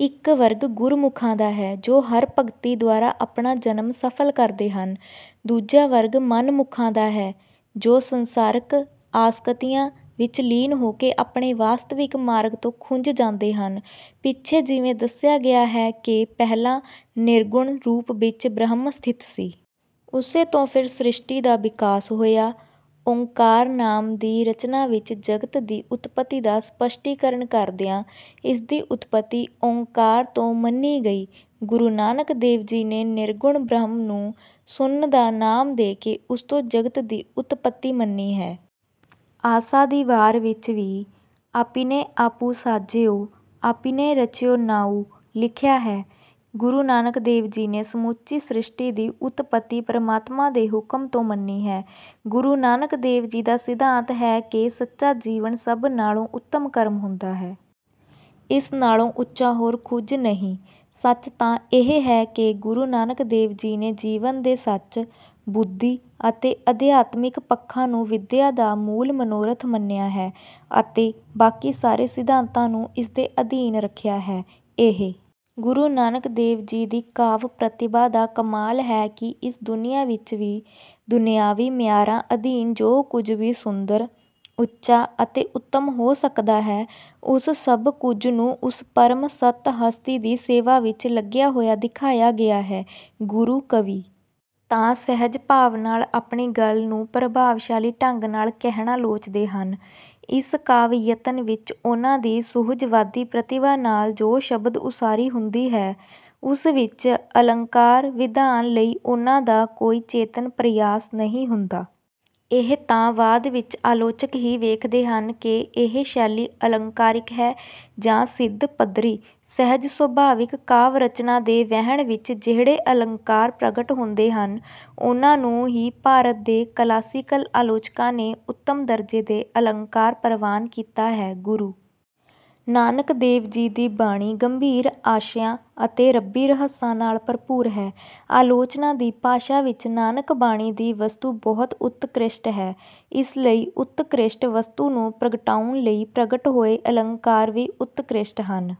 ਇੱਕ ਵਰਗ ਗੁਰਮੁਖਾਂ ਦਾ ਹੈ, ਜੋ ਹਰਿ-ਭਗਤੀ ਦੁਆਰਾ ਆਪਣਾ ਜਨਮ ਸਫ਼ਲ ਕਰਦੇ ਹਨ। ਦੂਜਾ ਵਰਗ ਮਨਮੁਖਾਂ ਦਾ ਹੈ, ਜੋ ਸੰਸਾਰਿਕ ਆਸਕਤੀਆਂ ਵਿੱਚ ਲੀਨ ਹੋ ਕੇ ਆਪਣੇ ਵਾਸਤਵਿਕ ਮਾਰਗ ਤੋਂ ਖੁੰਝ ਜਾਂਦੇ ਹਨ। ਪਿੱਛੇ ਜਿਵੇਂ ਦੱਸਿਆ ਗਿਆ ਹੈ ਕਿ ਪਹਿਲਾਂ ਨਿਰਗੁਣ ਰੂਪ ਵਿੱਚ ਬ੍ਰਹਮ ਸਥਿਤ ਸੀ। ਉਸੇ ਤੋਂ ਫਿਰ ਸ੍ਰਿਸ਼ਟੀ ਦਾ ਵਿਕਾਸ ਹੋਇਆ। ‘ਓਅੰਕਾਰ’ ਨਾਮ ਦੀ ਰਚਨਾ ਵਿੱਚ ਜਗਤ ਦੀ ਉਤਪੱਤੀ ਦਾ ਸਪੱਸ਼ਟੀਕਰਨ ਕਰਦਿਆਂ ਇਸ ਦੀ ਉਤਪੱਤੀ ‘ਓਅੰਕਾਰ’ ਤੋਂ ਮੰਨੀ ਗਈ ਹੈ। ਗੁਰੂ ਨਾਨਕ ਦੇਵ ਜੀ ਨੇ ਨਿਰਗੁਣ ਬ੍ਰਹਮ ਨੂੰ ‘ਸੁੰਨ’ ਦਾ ਨਾਮ ਦੇ ਕੇ ਉਸ ਤੋਂ ਜਗਤ ਦੀ ਉਤਪੱਤੀ ਮੰਨੀ ਹੈ। ‘ਆਸਾ ਦੀ ਵਾਰ’ ਵਿੱਚ ਵੀ “ਆਪੀਨ੍ਹੈ ਆਪੁ ਸਾਜਿਓ, ਆਪੀਨ੍ਹੈ ਰਚਿਓ ਨਾਉ” ਲਿਖਿਆ ਹੈ। ਗੁਰੂ ਨਾਨਕ ਦੇਵ ਜੀ ਨੇ ਸਮੁੱਚੀ ਸ੍ਰਿਸ਼ਟੀ ਦੀ ਉਤਪੱਤੀ ਪਰਮਾਤਮਾ ਦੇ ਹੁਕਮ ਤੋਂ ਮੰਨੀ ਹੈ। ਗੁਰੂ ਨਾਨਕ ਦੇਵ ਜੀ ਦਾ ਸਿਧਾਂਤ ਹੈ ਕਿ ਸੱਚਾ ਜੀਵਨ ਸਭ ਨਾਲੋਂ ਉੱਤਮ ਕਰਮ ਹੁੰਦਾ ਹੈ। ਇਸ ਨਾਲੋਂ ਉੱਚਾ ਹੋਰ ਕੁਝ ਨਹੀਂ। ਸੱਚ ਤਾਂ ਇਹ ਹੈ ਕਿ ਗੁਰੂ ਨਾਨਕ ਦੇਵ ਜੀ ਨੇ ਜੀਵਨ ਦੇ ਸੱਚ, ਬੁੱਧੀ ਅਤੇ ਅਧਿਆਤਮਿਕ ਪੱਖਾਂ ਨੂੰ ਵਿਦਿਆ ਦਾ ਮੂਲ ਮਨੋਰਥ ਮੰਨਿਆ ਹੈ ਅਤੇ ਬਾਕੀ ਸਾਰੇ ਸਿਧਾਂਤਾਂ ਨੂੰ ਇਸ ਦੇ ਅਧੀਨ ਰੱਖਿਆ ਹੈ। ਇਹ ਗੁਰੂ ਨਾਨਕ ਦੇਵ ਜੀ ਦੀ ਕਾਵਿ-ਪ੍ਰਤਿਭਾ ਦਾ ਕਮਾਲ ਹੈ ਕਿ ਇਸ ਦੁਨੀਆ ਵਿੱਚ ਦੁਨਿਆਵੀ ਮਿਆਰਾਂ ਅਧੀਨ ਜੋ ਕੁਝ ਵੀ ਸੁੰਦਰ, ਉੱਚਾ ਅਤੇ ਉੱਤਮ ਹੋ ਸਕਦਾ ਹੈ, ਉਸ ਸਭ ਕੁਝ ਨੂੰ ਉਸ ਪਰਮ ਸਤਿ-ਹਸਤੀ ਦੀ ਸੇਵਾ ਵਿੱਚ ਲੱਗਿਆ ਹੋਇਆ ਦਿਖਾਇਆ ਗਿਆ ਹੈ। ਗੁਰੂ-ਕਵੀ ਤਾਂ ਸਹਿਜ-ਭਾਵ ਨਾਲ ਆਪਣੀ ਗੱਲ ਨੂੰ ਪ੍ਰਭਾਵਸ਼ਾਲੀ ਢੰਗ ਨਾਲ ਕਹਿਣਾ ਲੋਚਦੇ ਹਨ। ਇਸ ਕਾਵਿ-ਯਤਨ ਵਿੱਚ ਉਨ੍ਹਾਂ ਦੀ ਸੁਹਜਵਾਦੀ ਪ੍ਰਤਿਭਾ ਨਾਲ ਜੋ ਸ਼ਬਦ-ਉਸਾਰੀ ਹੁੰਦੀ ਹੈ, ਉਸ ਵਿੱਚ ਅਲੰਕਾਰ-ਵਿਧਾਨ ਲਈ ਉਨ੍ਹਾਂ ਦਾ ਕੋਈ ਚੇਤਨ ਪ੍ਰਯਾਸ ਨਹੀਂ ਹੁੰਦਾ। ਇਹ ਤਾਂ ਬਾਅਦ ਵਿੱਚ ਆਲੋਚਕ ਹੀ ਵੇਖਦੇ ਹਨ ਕਿ ਇਹ ਸ਼ੈਲੀ ਅਲੰਕਾਰਿਕ ਹੈ ਜਾਂ ਸਿੱਧ-ਪੱਧਰੀ। ਸਹਿਜ-ਸੁਭਾਵਿਕ ਕਾਵਿ-ਰਚਨਾ ਦੇ ਵਹਿਣ ਵਿੱਚ ਜਿਹੜੇ ਅਲੰਕਾਰ ਪ੍ਰਗਟ ਹੁੰਦੇ ਹਨ, ਉਨ੍ਹਾਂ ਨੂੰ ਹੀ ਭਾਰਤ ਦੇ ਕਲਾਸੀਕਲ ਆਲੋਚਕਾਂ ਨੇ ਉੱਤਮ ਦਰਜੇ ਦੇ ਅਲੰਕਾਰ ਪ੍ਰਵਾਨ ਕੀਤਾ ਹੈ। ਗੁਰੂ ਨਾਨਕ ਦੇਵ ਜੀ ਦੀ ਬਾਣੀ ਗੰਭੀਰ ਆਸ਼ਿਆਂ ਅਤੇ ਰੱਬੀ ਰਹੱਸਾਂ ਨਾਲ ਭਰਪੂਰ ਹੈ। ਆਲੋਚਨਾ ਦੀ ਭਾਸ਼ਾ ਵਿੱਚ ਨਾਨਕ-ਬਾਣੀ ਦੀ ਵਸਤੂ ਬਹੁਤ ਉਤਕ੍ਰਿਸ਼ਟ ਹੈ। ਇਸ ਲਈ ਉਤਕ੍ਰਿਸ਼ਟ ਵਸਤੂ ਨੂੰ ਪ੍ਰਗਟਾਉਣ ਲਈ ਪ੍ਰਗਟ ਹੋਏ ਅਲੰਕਾਰ ਵੀ ਉਤਕ੍ਰਿਸ਼ਟ ਹਨ।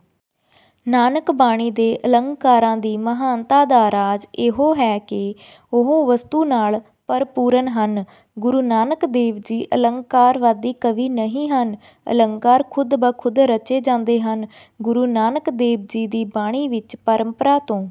ਨਾਨਕ-ਬਾਣੀ ਦੇ ਅਲੰਕਾਰਾਂ ਦੀ ਮਹਾਨਤਾ ਦਾ ਰਾਜ ਇਹੋ ਹੈ ਕਿ ਉਹ ਵਸਤੂ ਨਾਲ ਪਰਿਪੂਰਨ ਹਨ। ਗੁਰੂ ਨਾਨਕ ਦੇਵ ਜੀ ਅਲੰਕਾਰਵਾਦੀ ਕਵੀ ਨਹੀਂ ਹਨ। ਅਲੰਕਾਰ ਖ਼ੁਦ-ਬ-ਖ਼ੁਦ ਰਚੇ ਜਾਂਦੇ ਹਨ। ਗੁਰੂ ਨਾਨਕ ਦੇਵ ਜੀ ਦੀ ਬਾਣੀ ਵਿੱਚ ਪਰੰਪਰਾ ਤੋਂ…